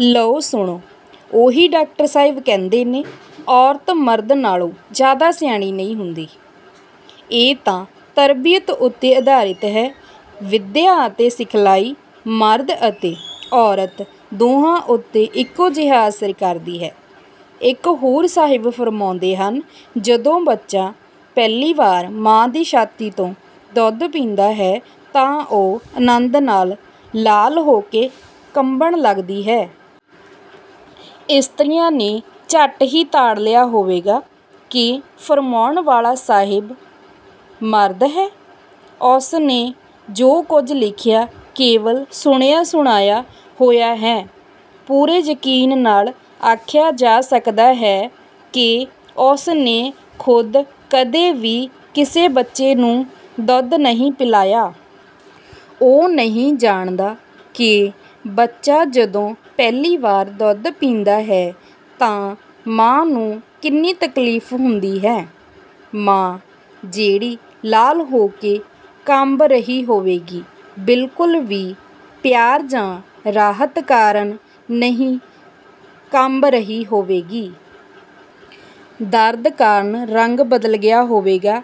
ਲਓ ਸੁਣੋ, ਉਹੀ ਡਾਕਟਰ ਸਾਹਿਬ ਕਹਿੰਦੇ ਨੇ--ਔਰਤ ਮਰਦ ਨਾਲੋਂ ਜ਼ਿਆਦਾ ਸਿਆਣੀ ਨਹੀਂ ਹੁੰਦੀ। ਇਹ ਤਾਂ ਤਰਬੀਅਤ ਉੱਤੇ ਆਧਾਰਿਤ ਹੈ। ਵਿੱਦਿਆ ਅਤੇ ਸਿਖਲਾਈ ਮਰਦ ਅਤੇ ਔਰਤ ਦੋਹਾਂ ਉੱਤੇ ਇੱਕੋ ਜਿਹਾ ਅਸਰ ਕਰਦੀ ਹੈ। ਇੱਕ ਹੋਰ ਸਾਹਿਬ ਫ਼ਰਮਾਉਂਦੇ ਹਨ: 'ਜਦੋਂ ਬੱਚਾ ਪਹਿਲੀ ਵਾਰ ਮਾਂ ਦੀ ਛਾਤੀ ਤੋਂ ਦੁੱਧ ਪੀਂਦਾ ਹੈ ਤਾਂ ਉਹ ਆਨੰਦ ਨਾਲ ਲਾਲ ਹੋ ਕੇ ਕੰਬਣ ਲੱਗਦੀ ਹੈ।' ਇਸਤਰੀਆਂ ਨੇ ਝੱਟ ਹੀ ਤਾੜ ਲਿਆ ਹੋਵੇਗਾ ਕਿ ਫ਼ਰਮਾਉਣ ਵਾਲਾ ਸਾਹਿਬ 'ਮਰਦ' ਹੈ। ਉਸਨੇ ਜੋ ਕੁਝ ਲਿਖਿਆ ਕੇਵਲ ਸੁਣਿਆ-ਸੁਣਾਇਆ ਹੋਇਆ ਹੈ। ਪੂਰੇ ਯਕੀਨ ਨਾਲ ਆਖਿਆ ਜਾ ਸਕਦਾ ਹੈ ਕਿ ਉਸਨੇ ਖੁਦ ਕਦੇ ਵੀ ਕਿਸੇ ਬੱਚੇ ਨੂੰ ਦੁੱਧ ਨਹੀਂ ਪਿਲਾਇਆ। ਉਹ ਨਹੀਂ ਜਾਣਦਾ ਕਿ ਬੱਚਾ ਜਦੋਂ ਪਹਿਲੀ ਵਾਰ ਦੁੱਧ ਪੀਂਦਾ ਹੈ ਤਾਂ ਮਾਂ ਨੂੰ ਕਿੰਨੀ ਤਕਲੀਫ਼ ਹੁੰਦੀ ਹੈ। ਮਾਂ, ਜਿਹੜੀ 'ਲਾਲ' ਹੋ ਕੇ ਕੰਬ ਰਹੀ ਹੋਵੇਗੀ, ਬਿਲਕੁਲ ਵੀ ਪਿਆਰ ਜਾਂ ਰਾਹਤ ਕਾਰਨ ਨਹੀਂ ਕੰਬ ਰਹੀ ਹੋਵੇਗੀ। ਦਰਦ ਕਾਰਨ ਰੰਗ ਬਦਲ ਗਿਆ ਹੋਵੇਗਾ।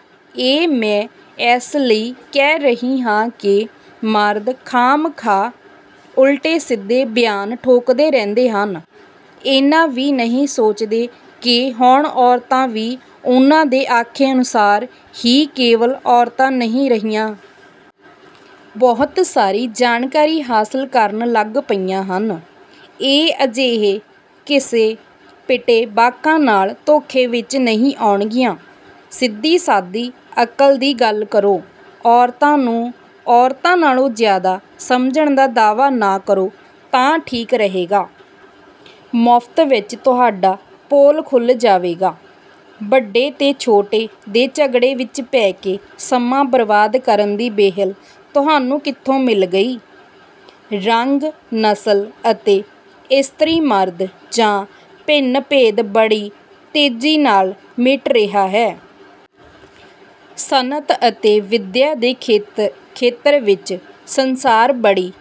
ਇਹ ਮੈਂ ਇਸ ਲਈ ਕਹਿ ਰਹੀ ਹਾਂ ਕਿ ਮਰਦ ਖਾਹ-ਮਖਾਹ ਉਲਟੇ-ਸਿੱਧੇ ਬਿਆਨ ਠੋਕਦੇ ਰਹਿੰਦੇ ਹਨ। ਇੰਨਾ ਵੀ ਨਹੀਂ ਸੋਚਦੇ ਕਿ ਹੁਣ ਔਰਤਾਂ ਵੀ ਉਹਨਾਂ ਦੇ ਆਖੇ ਅਨੁਸਾਰ ਹੀ ਕੇਵਲ ਔਰਤਾਂ ਨਹੀਂ ਰਹੀਆਂ। ਬਹੁਤ ਸਾਰੀ ਜਾਣਕਾਰੀ ਹਾਸਲ ਕਰਨ ਲੱਗ ਪਈਆਂ ਹਨ। ਹੁਣ ਅਜਿਹੇ ਘਿਸੇ-ਪਿਟੇ ਵਾਕਾਂ ਨਾਲ ਧੋਖੇ ਵਿੱਚ ਨਹੀਂ ਆਉਣਗੀਆਂ। ਸਿੱਧੀ-ਸਾਦੀ ਅਕਲ ਦੀ ਗੱਲ ਕਰੋ। ਔਰਤਾਂ ਨੂੰ ਔਰਤਾਂ ਨਾਲੋਂ ਜ਼ਿਆਦਾ ਸਮਝਣ ਦਾ ਦਾਅਵਾ ਨਾ ਕਰੋ ਤਾਂ ਠੀਕ ਰਹੇਗਾ। ਮੁਫ਼ਤ ਵਿੱਚ ਤੁਹਾਡਾ ਪੋਲ ਖੁੱਲ੍ਹ ਜਾਵੇਗਾ। ਵੱਡੇ ਤੇ ਛੋਟੇ ਦੇ ਝਗੜੇ ਵਿੱਚ ਪੈ ਕੇ ਸਮਾਂ ਬਰਬਾਦ ਕਰਨ ਦੀ ਵਿਹਲ ਤੁਹਾਨੂੰ ਕਿੱਥੋਂ ਮਿਲ ਗਈ। ਰੰਗ, ਨਸਲ ਅਤੇ ਇਸਤਰੀ-ਮਰਦ ਦਾ ਭਿੰਨ-ਭੇਦ ਬੜੀ ਤੇਜ਼ੀ ਨਾਲ ਮਿਟ ਰਿਹਾ ਹੈ। ਸਨਅਤ ਅਤੇ ਵਿੱਦਿਆ ਦੇ ਖੇਤਰ ਵਿੱਚ ਸੰਸਾਰ ਬੜੀ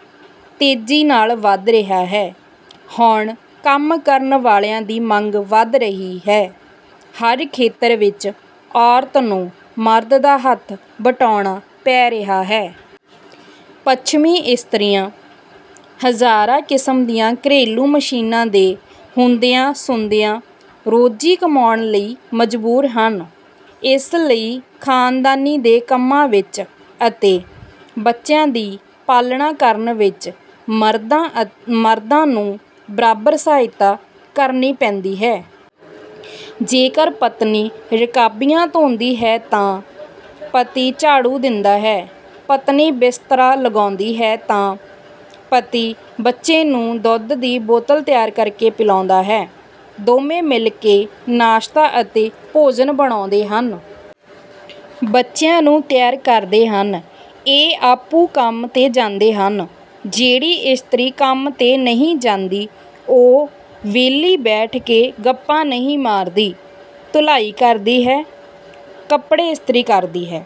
ਤੇਜ਼ੀ ਨਾਲ ਵੱਧ ਰਿਹਾ ਹੈ। ਹੁਣ ਕੰਮ ਕਰਨ ਵਾਲਿਆਂ ਦੀ ਮੰਗ ਵੱਧ ਰਹੀ ਹੈ। ਹਰ ਖੇਤਰ ਵਿੱਚ ਔਰਤ ਨੂੰ ਮਰਦ ਦਾ ਹੱਥ ਵਟਾਉਣਾ ਪੈ ਰਿਹਾ ਹੈ। ਪੱਛਮੀ ਇਸਤਰੀਆਂ, ਹਜ਼ਾਰਾਂ ਕਿਸਮ ਦੀਆਂ ਘਰੇਲੂ ਮਸ਼ੀਨਾਂ ਦੇ ਹੁੰਦਿਆਂ-ਸੁੰਦਿਆਂ, ਰੋਜ਼ੀ ਕਮਾਉਣ ਲਈ ਮਜਬੂਰ ਹਨ। ਇਸ ਲਈ ਖਾਨਦਾਨੀ ਦੇ ਕੰਮਾਂ ਵਿੱਚ ਅਤੇ ਬੱਚਿਆਂ ਦੀ ਪਾਲਣਾ ਕਰਨ ਵਿੱਚ ਮਰਦਾਂ ਨੂੰ ਬਰਾਬਰ ਸਹਾਇਤਾ ਕਰਨੀ ਪੈਂਦੀ ਹੈ। ਜੇਕਰ ਪਤਨੀ ਰਕਾਬੀਆਂ ਧੋਂਦੀ ਹੈ ਤਾਂ ਪਤੀ ਝਾੜੂ ਦਿੰਦਾ ਹੈ। ਪਤਨੀ ਬਿਸਤਰਾ ਲਗਾਉਂਦੀ ਹੈ ਤਾਂ ਪਤੀ ਬੱਚੇ ਨੂੰ ਦੁੱਧ ਦੀ ਬੋਤਲ ਤਿਆਰ ਕਰਕੇ ਪਿਲਾਉਂਦਾ ਹੈ। ਦੋਵੇਂ ਮਿਲ ਕੇ ਨਾਸ਼ਤਾ ਅਤੇ ਭੋਜਨ ਬਣਾਉਂਦੇ ਹਨ। ਬੱਚਿਆਂ ਨੂੰ ਤਿਆਰ ਕਰਦੇ ਹਨ। ਫਿਰ ਆਪੂੰ ਕੰਮ 'ਤੇ ਜਾਂਦੇ ਹਨ। ਜਿਹੜੀ ਇਸਤਰੀ ਕੰਮ 'ਤੇ ਨਹੀਂ ਜਾਂਦੀ, ਉਹ ਵਿਹਲੀ ਬੈਠ ਕੇ ਗੱਪਾਂ ਨਹੀਂ ਮਾਰਦੀ। ਧੁਲਾਈ ਕਰਦੀ ਹੈ, ਕੱਪੜੇ ਇਸਤਰੀ ਕਰਦੀ ਹੈ।